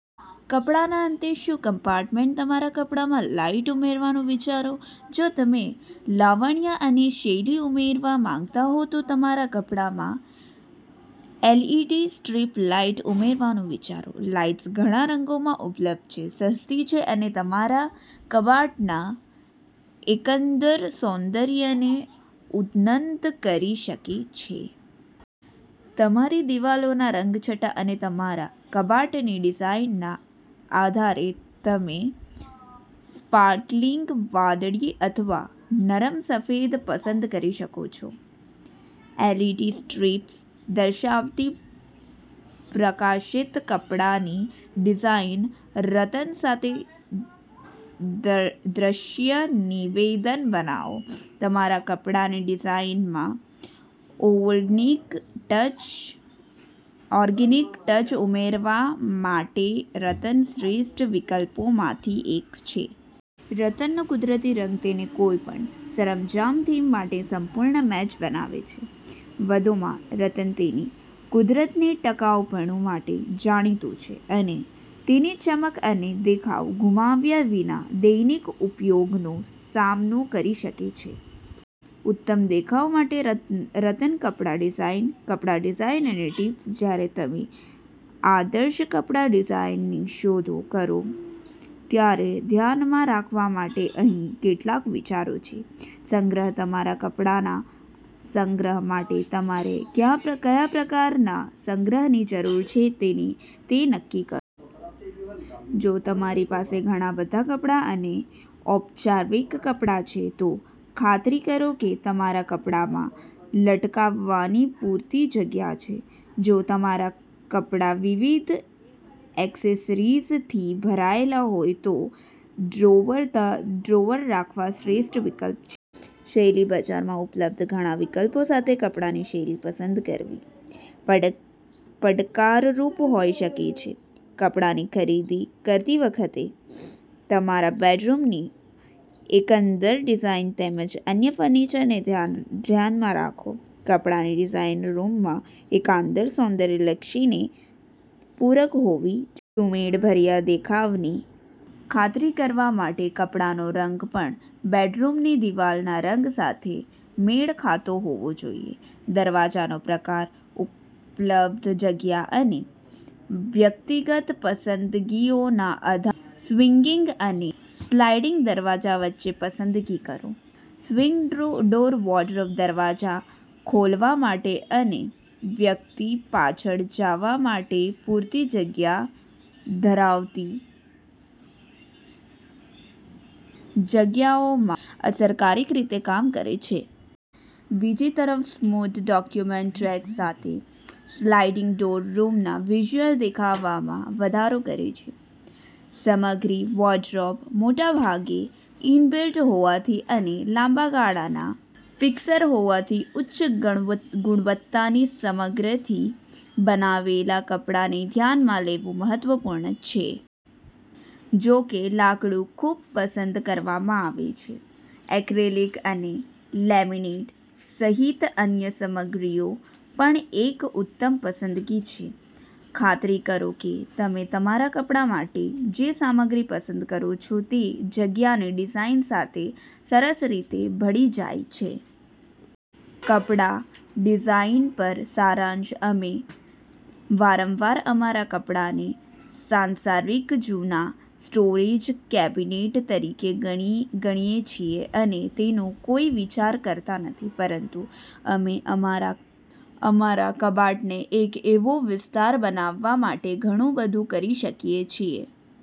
કપડાના અંતે shoe compartment. તમારા કપડામાં લાઇટ ઉમેરવાનું વિચારો. જો તમે લાવણ્ય અને શૈલી ઉમેરવા માંગતા હો, તો તમારા કપડામાં એલઇડી સ્ટ્રીપ લાઇટ ઉમેરવાનું વિચારો. લાઇટ્સ ઘણા રંગોમાં ઉપલબ્ધ છે, સસ્તી છે અને તમારા કબાટના એકંદર સૌંદર્યને ઉન્નત કરી શકે છે. તમારી દિવાલોના રંગછટા અને તમારા કબાટની ડિઝાઇનના આધારે, તમે સ્પાર્કલિંગ વાદળી અથવા નરમ સફેદ પસંદ કરી શકો છો. એલઇડી સ્ટ્રીપ્સ દર્શાવતી પ્રકાશિત કપડાની ડિઝાઇન. રતન સાથે દ્રશ્ય નિવેદન બનાવો. તમારા કપડાની ડિઝાઇનમાં ઓર્ગેનિક ટચ ઉમેરવા માટે રતન શ્રેષ્ઠ વિકલ્પોમાંથી એક છે. રતનનો કુદરતી રંગ તેને કોઈપણ સરંજામ થીમ માટે સંપૂર્ણ મેચ બનાવે છે. વધુમાં, રતન તેની કુદરતી ટકાઉપણું માટે જાણીતું છે અને તેની ચમક અને દેખાવ ગુમાવ્યા વિના દૈનિક ઉપયોગનો સામનો કરી શકે છે. ઉત્તમ દેખાવ માટે રત રતન કપડા ડિઝાઇન. કપડા ડિઝાઇન માટે ટિપ્સ. જ્યારે તમે આદર્શ કપડા ડિઝાઇનની શોધો કરો ત્યારે ધ્યાનમાં રાખવા માટે અહીં કેટલાક વિચારો છે. સંગ્રહ. તમારા કપડાંના સંગ્રહ માટે તમારે કયા કયા પ્રકારના સંગ્રહની જરૂર છે તે નક્કી કરો. જો તમારી પાસે ઘણાં બધાં કપડાં અને ઔપચારિક કપડાં છે, તો ખાતરી કરો કે તમારા કપડામાં લટકાવવાની પૂરતી જગ્યા છે. જો તમારા કપડા વિવિધ એક્સેસરીઝથી ભરેલા હોય, તો ડ્રોઅર રાખવા શ્રેષ્ઠ વિકલ્પ છે. શૈલી. બજારમાં ઉપલબ્ધ ઘણા વિકલ્પો સાથે કપડાની શૈલી પસંદ કરવી પડકારરૂપ હોઈ શકે છે. કપડાની ખરીદી કરતી વખતે તમારા બેડરૂમની એકંદર ડિઝાઇન તેમજ અન્ય ફર્નિચરને ધ્યાનમાં રાખો. કપડાની ડિઝાઇન રૂમના એકંદર સૌંદર્યલક્ષીને પૂરક હોવી જોઈએ. સુમેળભર્યા દેખાવની ખાતરી કરવા માટે કપડાનો રંગ પણ બેડરૂમની દિવાલના રંગ સાથે મેળ ખાતો હોવો જોઈએ. દરવાજાનો પ્રકાર. ઉપલબ્ધ જગ્યા અને વ્યક્તિગત પસંદગીઓના આધારે, સ્વિંગિંગ અને સ્લાઇડિંગ દરવાજા વચ્ચે પસંદગી કરો. સ્વિંગ ડોર વોર્ડરોબ દરવાજા ખોલવા માટે અને વ્યક્તિ પાછળ જવા માટે પૂરતી જગ્યા ધરાવતી જગ્યામાં અસરકારક રીતે કામ કરે છે. બીજી તરફ, સ્મૂધ ડ્યુઅલ ટ્રેક સાથે સ્લાઇડિંગ ડોર રૂમના વિઝ્યુઅલ દેખાવમાં વધારો કરે છે. સામગ્રી. વોર્ડરોબ મોટાભાગે ઇન-બિલ્ટ હોવાથી અને લાંબા ગાળાના ફિક્સર હોવાથી, ઉચ્ચ ગુણવત્તાની સામગ્રીથી બનેલા કપડાને ધ્યાનમાં લેવું મહત્વપૂર્ણ છે. જો કે લાકડું ખૂબ પસંદ કરવામાં આવે છે, એક્રેલિક અને લેમિનેટ સહિત અન્ય સામગ્રીઓ પણ એક ઉત્તમ પસંદગી છે. ખાતરી કરો કે તમે તમારા કપડા માટે જે સામગ્રી પસંદ કરો છો તે જગ્યાની ડિઝાઇન સાથે સરસ રીતે ભળી જાય છે. કપડા ડિઝાઇન પર સારાંશ. અમે વારંવાર અમારા કપડાને સાંસારિક જૂના સ્ટોરેજ કેબિનેટ તરીકે ગણીએ છીએ અને તેનો કોઈ વિચાર કરતા નથી. પરંતુ અમે અમારા અમારા કબાટને એક એવો વિસ્તાર બનાવવા માટે ઘણું બધું કરી શકીએ છીએ.